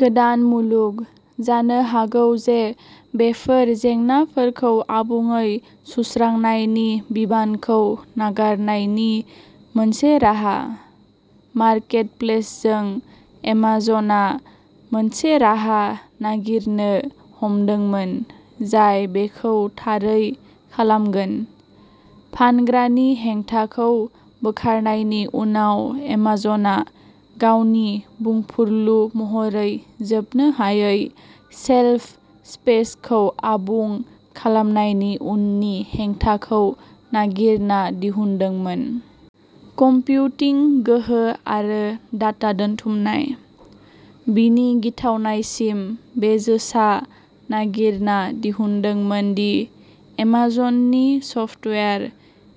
गोदान मुलुग, जानो हागौ जे बेफोर जेंनाफोरखौ आबुङै सुस्रांनायनि बिबानखौ नागारनायनि मोनसे राहा। मार्केटप्लेसजों एमाज'ना मोनसे राहा नागिरनो हमदोंमोन जाय बेखौ थारै खालामगोन। फानग्रानि हेंथाखौ बोखारनायनि उनाव एमाज'ना गावनि बुंफुरलु महरै जोबनो हायै शेल्फ स्पेसखौ आबुं खालामनायनि उननि हेंथाखौ नागिरना दिहुनदोंमोन। कम्पिउटिं गोहो आरो डाटा दोनथुमनाय। बिनि गिथावनायसिम बेजोसआ नागिरना दिहुनदोंमोन दि एमाज'ननि सफ्टवेयार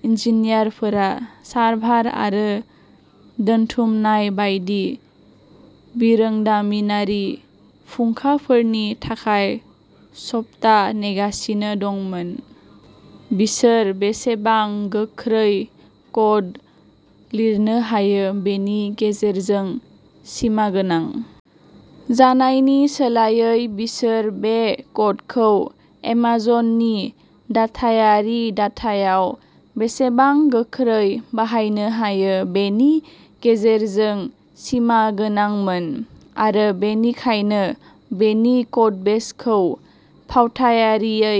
इन्जिनियारफोरा सार्भार आरो दोनथुमनाय बायदि बिरोंदामिनारि फुंखाफोरनि थाखाय सप्ता नेगासिनो दंमोन। बिसोर बेसेबां गोख्रै क'ड लिरनो हायो बेनि गेजेरजों सिमागोनां जानायनि सोलायै बिसोर बे क'डखौ एमाज'ननि दाथायारि दाथायाव बेसेबां गोख्रै बाहायनो हायो बेनि गेजेरजों सिमागोनांमोन आरो बेनिखायनो बेनि क'डबेसखौ फावथायारियै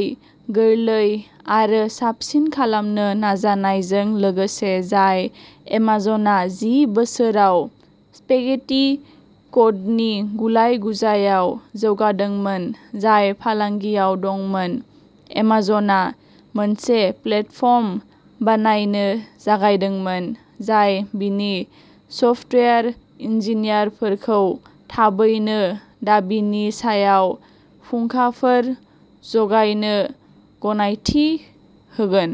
गोरलै आरो साबसिन खालामनो नाजानायजों लोगोसे जाय एमाज'ना जि बोसोराव स्पेगेटी क'डनि गुलाय-गुजायाव जौगादोंमोन जाय फालांगियाव दंमोन एमाज'ना मोनसे प्लेटफर्म बानायनो जागायदोंमोन जाय बिनि सफ्टवेयार इन्जिनियारफोरखौ थाबैनो दाबिनि सायाव फुंखाफोर जगायनो गनायथि होगोन।